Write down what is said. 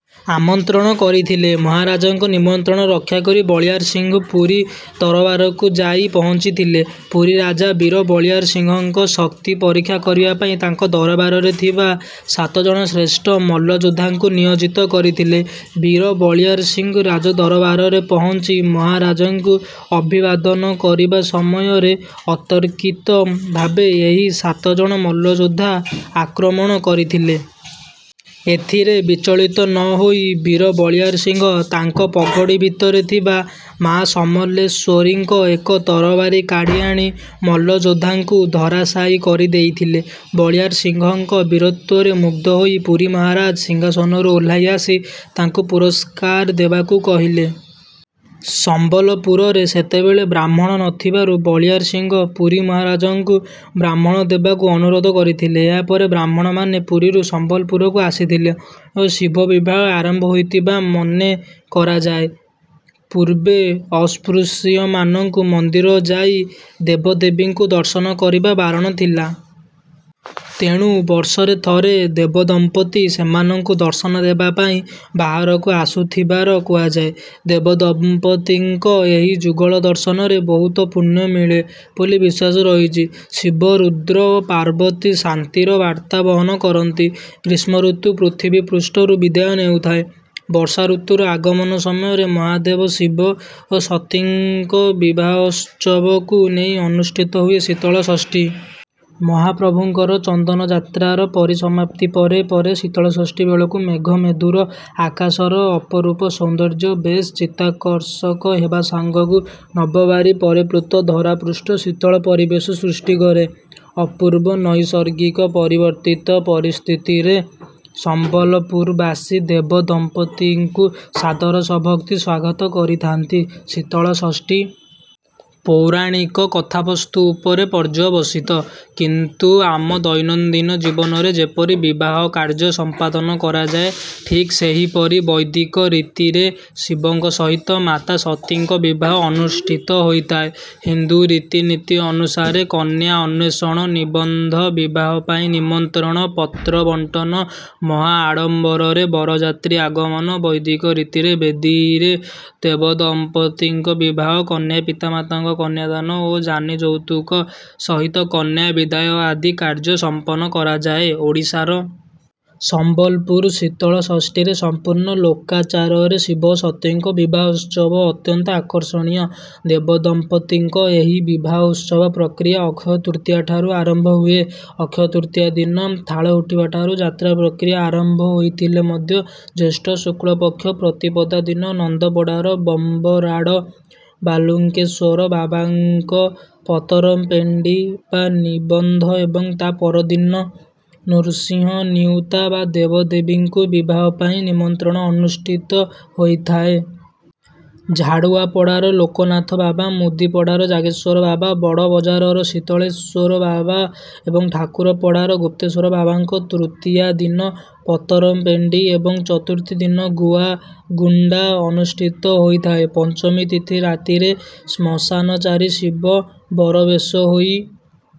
ଆମନ୍ତ୍ରଣ କରିଥିଲେ। ମହାରାଜଙ୍କ ନିମନ୍ତ୍ରଣ ରକ୍ଷା କରି ବଳିୟାର ସିଂହ ପୁରୀ ଦରବାରକୁ ଯାଇ ପହଞ୍ଚିଥିଲେ। ପୁରୀ ରାଜା, ବୀର ବଳିୟାର ସିଂହଙ୍କ ଶକ୍ତି ପରୀକ୍ଷା କରିବା ପାଇଁ ତାଙ୍କ ଦରବାରରେ ଥିବା ସାତ ଜଣ ଶ୍ରେଷ୍ଠ ମଲ୍ଲଯୋଦ୍ଧାଙ୍କୁ ନିୟୋଜିତ କରିଥିଲେ। ବୀର ବଳିୟାର ସିଂହ ରାଜଦରବାରରେ ପହଞ୍ଚି ମହାରାଜଙ୍କୁ ଅଭିବାଦନ କରିବା ସମୟରେ ଅତର୍କିତ ଭାବେ ଏହି ସାତ ଜଣ ମଲ୍ଲଯୋଦ୍ଧା ଆକ୍ରମଣ କରିଥିଲେ। ଏଥିରେ ବିଚଳିତ ନ ହୋଇ ବୀର ବଳିୟାର ସିଂହ ତାଙ୍କ ପଗଡ଼ି ଭିତରେ ଥିବା ମା’ ସମଲେଶ୍ୱରୀଙ୍କ ଏକ ତରବାରି କାଢ଼ି ଆଣି ମଲ୍ଲଯୋଦ୍ଧାଙ୍କୁ ଧରାଶାୟୀ କରିଦେଇଥିଲେ। ବଳିୟାର ସିଂହଙ୍କ ବୀରତ୍ୱରେ ମୁଗ୍ଧ ହୋଇ ପୁରୀ ମହାରାଜ ସିଂହାସନରୁ ଓହ୍ଲାଇ ଆସି ତାଙ୍କୁ ପୁରସ୍କାର ଦେବାକୁ କହିଲେ। ସମ୍ବଲପୁରରେ ସେତେବେଳେ ବ୍ରାହ୍ମଣ ନ ଥିବାରୁ ବଳିୟାର ସିଂହ ପୁରୀ ମହାରାଜଙ୍କୁ ବ୍ରାହ୍ମଣ ଦେବାକୁ ଅନୁରୋଧ କରିଥିଲେ। ଏହା ପରେ ବ୍ରାହ୍ମଣମାନେ ପୁରୀରୁ ସମ୍ବଲପୁରକୁ ଆସିଥିଲେ ଓ ଶିବ ବିବାହ ଆରମ୍ଭ ହୋଇଥିବା ମନେ କରାଯାଏ। ପୂର୍ବେ ଅସ୍ପୃଶ୍ୟମାନଙ୍କୁ ମନ୍ଦିର ଯାଇ ଦେବଦେବୀଙ୍କୁ ଦର୍ଶନ କରିବା ବାରଣ ଥିଲା। ତେଣୁ ବର୍ଷରେ ଥରେ ଦେବଦମ୍ପତି ସେମାନଙ୍କୁ ଦର୍ଶନ ଦେବା ପାଇଁ ବାହାରକୁ ଆସୁଥିବାର କୁହାଯାଏ। ଦେବଦମ୍ପତିଙ୍କ ଏହି ଯୁଗଳ ଦର୍ଶନରେ ବହୁତ ପୁଣ୍ୟ ମିଳେ ବୋଲି ବିଶ୍ୱାସ ରହିଛି। ଶିବ ରୁଦ୍ର ଓ ପାର୍ବତୀ ଶାନ୍ତିର ବାର୍ତ୍ତା ବହନ କରନ୍ତି। ଗ୍ରୀଷ୍ମଋତୁ ପୃଥିବୀପୃଷ୍ଠରୁ ବିଦାୟ ନେଉଥାଏ, ବର୍ଷାଋତୁର ଆଗମନ ସମୟରେ ମହାଦେବ ଶିବ ଓ ସତୀଙ୍କ ବିବାହୋତ୍ସବକୁ ନେଇ ଅନୁଷ୍ଠିତ ହୁଏ ଶୀତଳଷଷ୍ଠୀ। ମହାପ୍ରଭୁଙ୍କର ଚନ୍ଦନ ଯାତ୍ରାର ପରିସମାପ୍ତି ପରେ ପରେ ଶୀତଳଷଷ୍ଠୀ ବେଳକୁ ମେଘମେଦୁର ଆକାଶର ଅପରୂପ ସୌନ୍ଦର୍ଯ୍ୟ ବେଶ୍ ଚିତ୍ତାକର୍ଷକ ହେବା ସାଙ୍ଗକୁ ନବବାରି ପରିପ୍ଲୁତ ଧରାପୃଷ୍ଠ ଶୀତଳ ପରିବେଶ ସୃଷ୍ଟି କରେ। ଅପୂର୍ବ ନୈସର୍ଗିକ ପରିବର୍ତ୍ତିତ ପରିସ୍ଥିତିରେ ସମ୍ବଲପୁରବାସୀ ଦେବଦମ୍ପତିଙ୍କୁ ସାଦର ସଭକ୍ତି ସ୍ୱାଗତ କରିଥାନ୍ତି। ଶୀତଳଷଷ୍ଠୀ ପୌରାଣିକ କଥାବସ୍ତୁ ଉପରେ ପର୍ଯ୍ୟବସିତ। କିନ୍ତୁ ଆମ ଦୈନନ୍ଦିନ ଜୀବନରେ ଯେପରି ବିବାହ କାର୍ଯ୍ୟ ସମ୍ପାଦନ କରାଯାଏ, ଠିକ୍ ସେହିପରି ବୈଦିକ ରୀତିରେ ଶିବଙ୍କ ସହିତ ମାତା ସତୀଙ୍କ ବିବାହ ଅନୁଷ୍ଠିତ ହୋଇଥାଏ। ହିନ୍ଦୁ ରୀତିନୀତି ଅନୁସାରେ କନ୍ୟା ଅନ୍ୱେଷଣ, ନିବନ୍ଧ, ବିବାହ ପାଇଁ ନିମନ୍ତ୍ରଣ ପତ୍ର ବଣ୍ଟନ, ମହା ଆଡ଼ମ୍ବରରେ ବରଯାତ୍ରୀ ଆଗମନ, ବୈଦିକ ରୀତିରେ ବେଦିରେ ଦେବଦମ୍ପତିଙ୍କ ବିବାହ, କନ୍ୟା ପିତାମାତାଙ୍କ କନ୍ୟାଦାନ ଓ ଯାନି ଯୌତୁକ ସହିତ କନ୍ୟା ବିଦାୟ ଆଦି କାର୍ଯ୍ୟ ସମ୍ପନ୍ନ କରାଯାଏ। ଓଡ଼ିଶାର ସମ୍ବଲପୁର ଶୀତଳଷଷ୍ଠୀରେ ସମ୍ପୂର୍ଣ୍ଣ ଲୋକାଚାରରେ ଶିବ ଓ ସତୀଙ୍କ ବିବାହୋତ୍ସବ ଅତ୍ୟନ୍ତ ଆକର୍ଷଣୀୟ। ଦେବଦମ୍ପତିଙ୍କ ଏହି ବିବାହ ଉତ୍ସବ ପ୍ରକ୍ରିୟା ଅକ୍ଷୟ ତୃତୀୟାଠାରୁ ଆରମ୍ଭ ହୁଏ। ଅକ୍ଷୟ ତୃତୀୟା ଦିନ ଥାଳ ଉଠିବାଠାରୁ ଯାତ୍ରା ପ୍ରକ୍ରିୟା ଆରମ୍ଭ ହୋଇଥିଲେ ମଧ୍ୟ ଜ୍ୟେଷ୍ଠ ଶୁକ୍ଳପକ୍ଷ ପ୍ରତିପଦା ଦିନ ନନ୍ଦପଡ଼ାର ବଂବରାଡ଼ ବାଲୁଙ୍କେଶ୍ୱର ବାବାଙ୍କ ପତରପେଁଡ଼ି ବା ନିବନ୍ଧ ଏବଂ ତା’ପରଦିନ ନୃସିଂହ ନିଉତା ବା ଦେବଦେବୀଙ୍କୁ ବିବାହ ପାଇଁ ନିମନ୍ତ୍ରଣ ଅନୁଷ୍ଠିତ ହୋଇଥାଏ। ଝାଡ଼ୁଆପଡ଼ାର ଲୋକନାଥ ବାବା, ମୁଦିପଡ଼ାର ଜାଗେଶ୍ୱର ବାବା, ବଡ଼ବଜାରର ଶୀତଳେଶ୍ୱର ବାବା ଏବଂ ଠାକୁରପଡ଼ାର ଗୁପ୍ତେଶ୍ୱର ବାବାଙ୍କ ତୃତୀୟା ଦିନ ପତରପେଁଡ଼ି ଏବଂ ଚତୁର୍ଥୀ ଦିନ ଗୁଆଗୁଣ୍ଡା ଅନୁଷ୍ଠିତ ହୋଇଥାଏ। ପଞ୍ଚମୀ ତିଥି ରାତିରେ ଶ୍ମଶାନଚାରୀ ଶିବ ବରବେଶ ହୋଇ...